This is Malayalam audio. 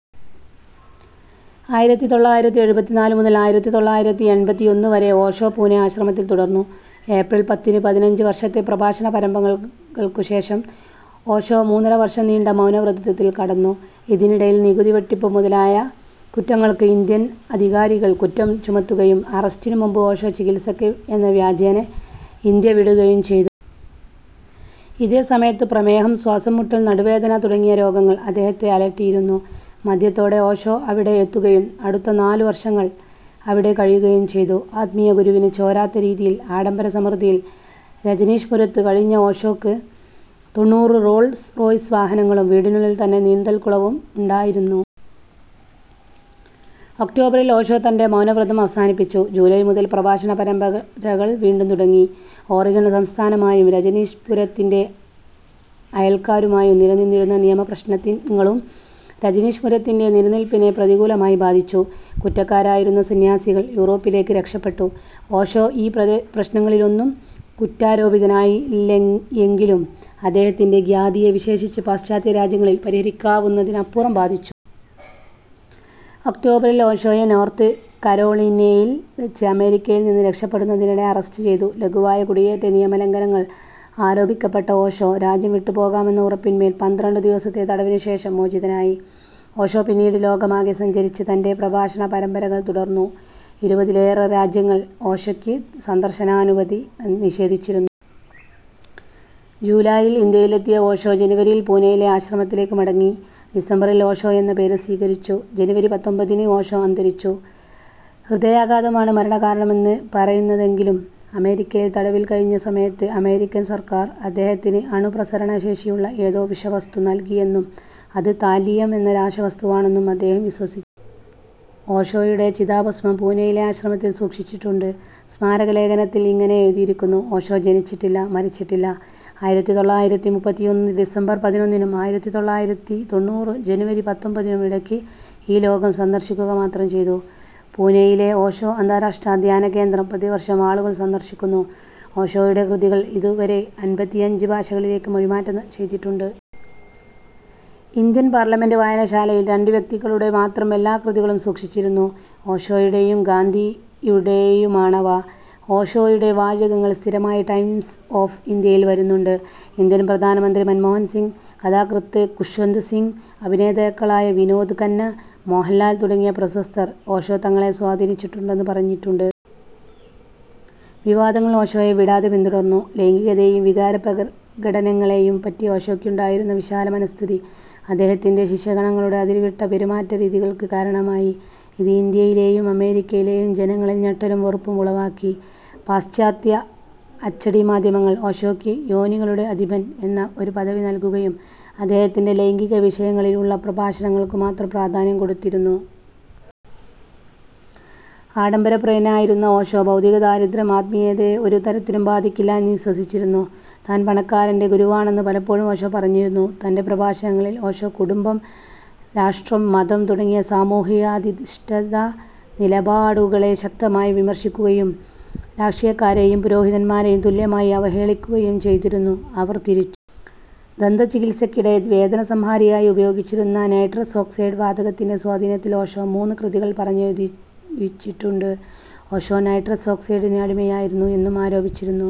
ആയിരത്തിത്തൊള്ളായിരത്തിഎഴുപത്തിനാല് മുതൽ ആയിരത്തിതൊള്ളായിരത്തിഎൻപത്തിയൊന്നു വരെ ഓഷോ പൂനെ ആശ്രമത്തിൽ തുടർന്നു. ഏപ്രിൽ പത്തിന് ,പതിനഞ്ച് വർഷത്തെ പ്രഭാഷണ പരമ്പരകൾക്കു ശേഷം ഓഷോ മൂന്നരവർഷം നീണ്ട മൗനവ്രതത്തിൽ കടന്നു. ഇതിനിടയിൽ നികുതി വെട്ടിപ്പ് മുതലായ കുറ്റങ്ങൾക്ക് ഇന്ത്യൻ അധികാരികൾ കുറ്റം ചുമത്തുകയും അറസ്റ്റിനു മുൻപ് ഓഷോ ചികിത്സയ്ക്ക് എന്ന വ്യാജേന ഇന്ത്യ വിടുകയും ചെയ്തു. ഇതേ സമയത്ത് പ്രമേഹം, ശ്വാസം മുട്ടൽ, നടുവേദന തുടങ്ങിയ രോഗങ്ങൾ അദ്ദേഹത്തെ അലട്ടിയിരുന്നു. മധ്യത്തോടെ ഓഷോ അവിടെ എത്തുകയും അടുത്ത നാലു വർഷങ്ങൾ അവിടെ കഴിയുകയും ചെയ്തു. ആത്മീയ ഗുരുവിനു ചേരാത്തരീതിയിൽ ആഡംബര സമൃദ്ധിയിൽ രജനീഷ്പുരത്ത് കഴിഞ്ഞ ഓഷോക്ക് തൊണ്ണൂറ് റോൾസ് റോയ്സ് വാഹനങ്ങളും വീടിനുള്ളിൽത്തന്നെ നീന്തൽക്കുളവും ഉണ്ടായിരുന്നു. ഒക്ടോബറിൽ ഓഷോ തന്റെ മൗനവ്രതം അവസാനിപ്പിച്ചു. ജൂലൈ മുതൽ പ്രഭാഷണ പരമ്പരകൾ വീണ്ടും തുടങ്ങി. ഓറിഗൺ സംസ്ഥാനമായും രജനീഷ്പുരത്തിന്റെ അയൽക്കാരുമായും നിലനിന്നിരുന്ന നിയമ പ്രശ്നങ്ങളും രജനീഷ്പുരത്തിന്റെ നിലനിൽപ്പിനെ പ്രതികൂലമായി ബാധിച്ചു. കുറ്റക്കാരായിരുന്ന സന്ന്യാസികൾ യൂറോപ്പിലേക്ക് രക്ഷപെട്ടു. ഓഷോ ഈ പ്രശ്നങ്ങളിലൊന്നും കുറ്റാരോപിതനായില്ലയെങ്കിലും അദ്ദേഹത്തിന്റെ ഖ്യാതിയെ വിശേഷിച്ച് പാശ്ചാത്യ രാജ്യങ്ങളിൽ പരിഹരിക്കാവുന്നതിനപ്പുറം ബാധിച്ചു. ഒക്ടോബറിൽ, ഓഷോയെ നോർത്ത് കരോളീനയിൽ വച്ച് അമേരിക്കയിൽ നിന്ന് രക്ഷപെടുന്നതിനിടെ അറസ്റ്റ് ചെയ്തു. ലഘുവായ കുടിയേറ്റ നിയമ ലംഘനങ്ങൾ ആരോപിക്കപ്പെട്ട ഓഷോ, രാജ്യം വിട്ടുപോകാമെന്ന ഉറപ്പിന്മേൽ പന്ത്രണ്ട് ദിവസത്തെ തടവിനു ശേഷം മോചിതനായി. ഓഷോ പിന്നീട് ലോകമാകെ സഞ്ചരിച്ച് തന്റെ പ്രഭാഷണ പരമ്പരകൾ തുടർന്നു. ഇരുപതിലേറെ രാജ്യങ്ങൾ ഓഷയ്ക്ക് സന്ദർശനാനുമതി നിഷേധിച്ചിരുന്നു. ജൂലായിൽ ജൂലൈയിൽ ഇന്ത്യയിലെത്തിയ ഓഷോ, ജനുവരിയിൽ പൂനെയിലെ ആശ്രമത്തിലേക്കു മടങ്ങി. ഡിസംബറിൽ ഓഷോ എന്ന പേര് സ്വീകരിച്ചു. ജനുവരി പത്തൊൻപതിന് ഓഷോ അന്തരിച്ചു. ഹൃദയാഘാതമാണ് മരണകാരണമെന്ന് പറയുന്നതെങ്കിലും, അമേരിക്കയിൽ തടവിൽ കഴിഞ്ഞ സമയത്ത് അമേരിക്കൻ സർക്കാർ അദ്ദേഹത്തിന് അണുപ്രസരണ ശേഷിയുള്ള ഏതോ വിഷവസ്തു നൽകിയെന്നും അത് താല്ലിയം എന്ന രാസവസ്തുവാണെന്നും അദ്ദേഹം വിശ്വസിച്ചിരുന്നു. ഓഷോയുടെ ചിതാഭസ്മം പൂനെയിലെ ആശ്രമത്തിൽ സൂക്ഷിച്ചിട്ടുണ്ട്. സ്മാരക ലേഘനത്തിൽ ഇങ്ങനെ എഴുതിയിരിക്കുന്നു "ഓഷോ ജനിച്ചിട്ടില്ല മരിച്ചിട്ടില്ല ". ആയിരത്തിതൊള്ളായിരത്തിമുപ്പത്തിയൊന്ന് ഡിസംബർ പതിനൊന്നിനും, ആയിരത്തിതൊള്ളായിരത്തിത്തൊണ്ണൂറ്‍ ജനുവരി പത്തൊൻപതിനും ഇടയ്ക്ക് ഈ ലോകം സന്ദർശിക്കുക മാത്രം ചെയ്തു. പൂനെയിലെ ഓഷോ അന്താരാഷ്ട്ര ധ്യാനകേന്ദ്രം പ്രതിവർഷം ആളുകൾ സന്ദർശിക്കുന്നു. ഓഷോയുടെ കൃതികൾ ഇതു വരെ അൻപത്തിയഞ്ച് ഭാഷകളിലേക്ക് മൊഴിമാറ്റം ചെയ്തിട്ടുണ്ട്. ഇന്ത്യൻ പാർലമന്റ് വായനശാലയിൽ രണ്ട് വ്യക്തികളുടെ മാത്രം എല്ലാ കൃതികളും സൂക്ഷിച്ചിരിക്കുന്നു ഓഷോയുടെയും ഗാന്ധിയുടെയുമാണവ. ഓഷോയുടെ വാചകങ്ങൾ സ്ഥിരമായി ടൈംസ് ഓഫ് ഇന്ത്യയിൽ വരുന്നുണ്ട്. ഇന്ത്യൻ പ്രധാനമന്ത്രി മൻമോഹൻ സിംഗ്, കഥാകൃത്ത് ഖുശ്വന്ത് സിങ്, അഭിനേതാക്കളായ വിനോദ് ഖന്ന, മോഹൻലാൽ തുടങ്ങിയ പ്രശസ്തർ ഓഷോ തങ്ങളെ സ്വാധീനിച്ചിട്ടുണ്ടന്ന് പറഞ്ഞിട്ടുണ്ട്. വിവാദങ്ങൾ ഓഷോയെ വിടാതെ പിന്തുടർന്നു. ലൈംഗികതെയും വികാരപ്രകടനങ്ങളെയും പറ്റി ഓഷോയ്ക്കുണ്ടായിരുന്ന വിശാല മനഃസ്ഥിതി അദ്ദേഹത്തിന്റെ ശിഷ്യഗണങ്ങളുടെ അതിരുവിട്ട പെരുമാറ്റരീതികൾക്ക് കാരണമായി. ഇത് ഇന്ത്യയിലേയും അമേരിക്കയിലേയും ജനങ്ങളിൽ ഞെട്ടലും വെറുപ്പും ഉളവാക്കി. പാശ്ചാത്യ അച്ചടി മാധ്യമങ്ങൾ, ഓഷോയ്ക്ക് "യോനികളുടെ അധിപൻ" എന്ന ഒരു പദവി നൽകുകയും, അദ്ദേഹത്തിന്റെ ലൈംഗിക വിഷയങ്ങളിലുള്ള പ്രഭാഷണങ്ങൾക്കു മാത്രം പ്രാധാന്യം കൊടുത്തിരുന്നു. ആഡംബര പ്രിയനായിരുന്ന ഓഷോ, ഭൗതിക ദാരിദ്ര്യം ആത്മീയതയെ ഒരു തരത്തിലും ബാധിക്കില്ല എന്ന് വിശ്വസിച്ചിരുന്നു. താൻ പണക്കാരന്റെ ഗുരുവാണെന്ന് പലപ്പോഴും ഓഷോ പറഞ്ഞിരുന്നു. തന്റെ പ്രഭാഷണങ്ങളിൽ ഓഷോ കുടുംബം, രാഷ്ട്രം, മതം തുടങ്ങിയ സമൂഹാധിഷ്ഠിത നിലപാടുകളെ ശക്തമായി വിമർശിക്കുകയും, രാഷ്ട്രീയക്കാരേയും പുരോഹിതന്മാരേയും, തുല്യമായി അവഹേളിക്കുകയും ചെയ്തിരുന്നു അവർ തിരിച്ചും. ദന്ത ചികിത്സയ്ക്കിടെ വേദന സംഹാരിയായുപയോഗിച്ചിരുന്ന നൈട്രസ് ഓക്സൈഡ് വാതകത്തിന്റെ സ്വാധീനത്തിൽ ഓഷോ മൂന്ന് കൃതികൾ പറഞ്ഞെഴുതിച്ചിട്ടുണ്ട്. ഓഷോ നൈട്രസ് ഓക്സൈഡിന് അടിമയായിരുന്നു എന്നും ആരോപിച്ചിരുന്നു.